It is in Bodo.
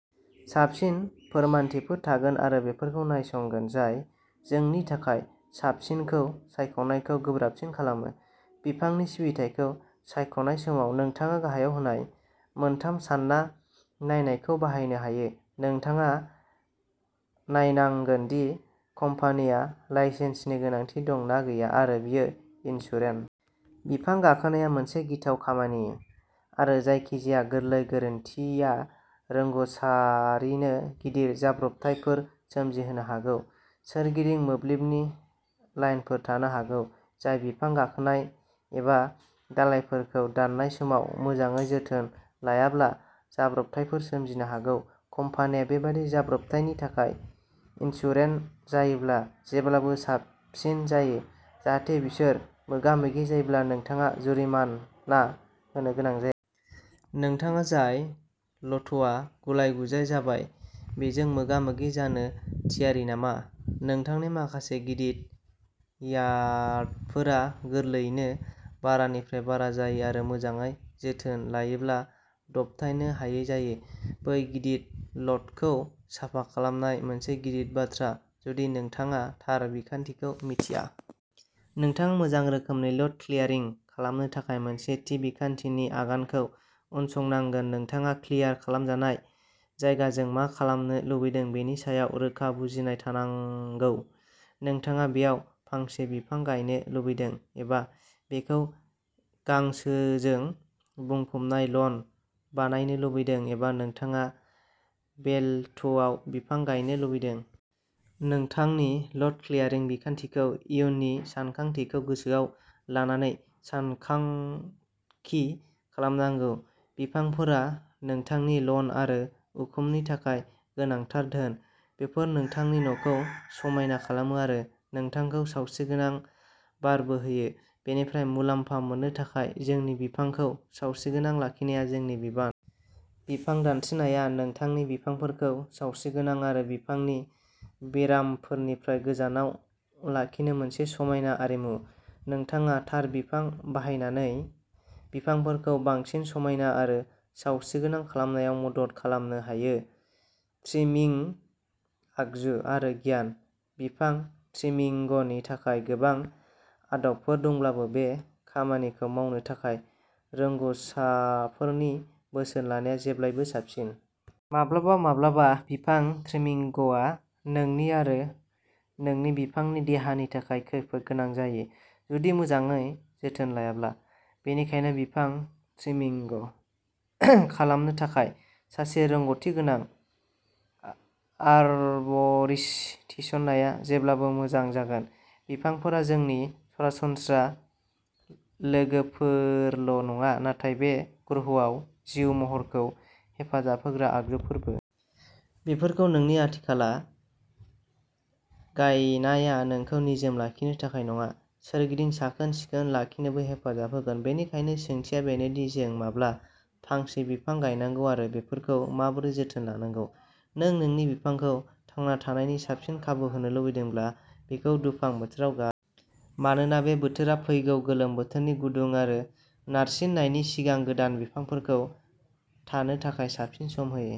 साबसिन फोरमानथिफोर थागोन आरो बेफोरखौ नायसंगोन, जाय जोंनि थाखाय साबसिनखौ सायख'नायखौ गोब्राबसिन खालामो। बिफांनि सिबिथाइखौ सायख'नाय समाव नोंथाङा गाहायाव होनाय मोनथाम सान्ना नायनायखौ बाहायनो हायो। नोंथाङा नायनांगोन दि कम्पानिया लाइसेन्सनि गोनांथि दं ना गैया आरो बियो इन्सुरेद। बिफां गाखोनाया मोनसे गिथाव खामानि आरो जायखिजाया गोरलै गोरोन्थिआ रोंग'सारिनो गिदिर जाब्रबथायफोर सोमजिहोनो हागौ। सोरगिदिं मोब्लिबनि लाइनफोर थानो हागौ, जाय बिफां गाखोनाय एबा दालाइफोरखौ दाननाय समाव मोजाङै जोथोन लायाब्ला जाब्रबथायफोर सोमजिहोनो हागौ। कम्पानिया बेबादि जाब्रबथायनि थाखाय इन्सुरेद जायोब्ला जेब्लाबो साबसिन जायो, जाहाथे बिसोर मोगा-मोगि जायोब्ला नोंथाङा जुरिमाना होनो गोनां जाया। नोंथाङा जाय ल'टआ गुलाय-गुजाय जाबाय, बेजों मोगा-मोगि जानो थियारि नामा? नोंथांनि माखासे गिदिर यार्डफोरा गोरलैयैनो बारानिफ्राय बारा जायो आरो मोजाङै जोथोन लायोब्ला दबथायनो हायै जायो। बै गिदिर ल'टखौ साफा खालामनाय। मोनसे गिदिर बाथ्रा, जुदि नोंथाङा थार बिखान्थिखौ मिथिया। नोंथाङा मोजां रोखोमै ल'ट क्लियारिं खालामनो थाखाय मोनसे थि बिखान्थिनि आगानखौ उनसंनांगोन। नोंथाङा क्लियार खालामजानाय जायगाजों मा खालामनो लुबैदों बेनि सायाव रोखा बुजिनाय थानांगौ। नोंथाङा बेयाव फांसे बिफां गायनो लुबैदों एबा बेखौ गांसोजों बुंफबनाय लन बानायनो लुबैदों एबा नोंथाङा बे ल'टआव बिफां गायनो लुबैदों। नोंथांनि ल'ट क्लियारिं बिखान्थिखौ इयुननि सानथांखिखौ गोसोआव लानानै सानथांखि खालामनांगौ। बिफांफोरा नोंथांनि लन आरो उखुमनि थाखाय गोनांथार धोन। बेफोर नोंथांनि न'खौ समायना खालामो आरो नोंथांनो सावस्रिगोनां बारबो होयो। बेनिफ्राय मुलाम्फा मोननो थाखाय जोंनि बिफांखौ सावस्रिगोनां लाखिनाया जोंनि बिबान। बिफां दानस्रिनाया नोंथांनि बिफांफोरखौ सावस्रिगोनां आरो बिफांनि बेरामफोरनिफ्राय गोजानाव लाखिनो मोनसे समायना आरिमु। नोंथाङा थार बिफां बाहायनानै बिफांफोरखौ बांसिन समायना आरो सावस्रिगोनां खालामनायाव मदद खालामनो हायो। ट्रिमिंग आगजु आरो गियान। बिफां ट्रिमिंगनि थाखाय गोबां आदबफोर दंब्लाबो, बे खामानिखौ मावनो थाखाय रोंग'सारफोरनि बोसोन लानाया जेब्लाबो साबसिन। माब्लाबा-माब्लाबा, बिफां ट्रिमिंगआ नोंनि आरो नोंनि बिफांनि देहानि थाखाय खैफोद गोनां जायो जुदि मोजाङै जोथोन लायाब्ला, बेनिखायनो बिफां ट्रिमिंग खालामनो थाखाय सासे रोंग'थि गोनां आरबरिस्ट थिसननाया जेब्लाबो मोजां जागोन। बिफांफोरा जोंनि सरासनस्रा लोगोफोरल' नङा, नाथाय बे ग्रहआव जिउ महरखौ हेफाजाब होग्रा आगजुफोरबो। बेफोरखौ नोंनि खाथिखाला गायनाया नोंखौ निजोम लाखिनो थाखायल' नङा, सोरगिदिं साखोन-सिखोन लाखिनोबो हेफाजाब होगोन। बेनिखायनो, सोंथिया बेनो दि, जों माब्ला फांसे बिफां गायनांगौ आरो बेफोरखौ माबोरै जोथोन लानांगौ। नों नोंनि बिफांखौ थांना थानायनि साबसिन खाबु होनो लुबैदोंब्ला, बेखौ दुफां बोथोराव गाय। मानोना बे बोथोरा फैगौ गोलोम बोथोरनि गुदुं आरो नारसिननायनि सिगां गोदान बिफांफोरखौ थानो थाखाय साबसिन सम होयो।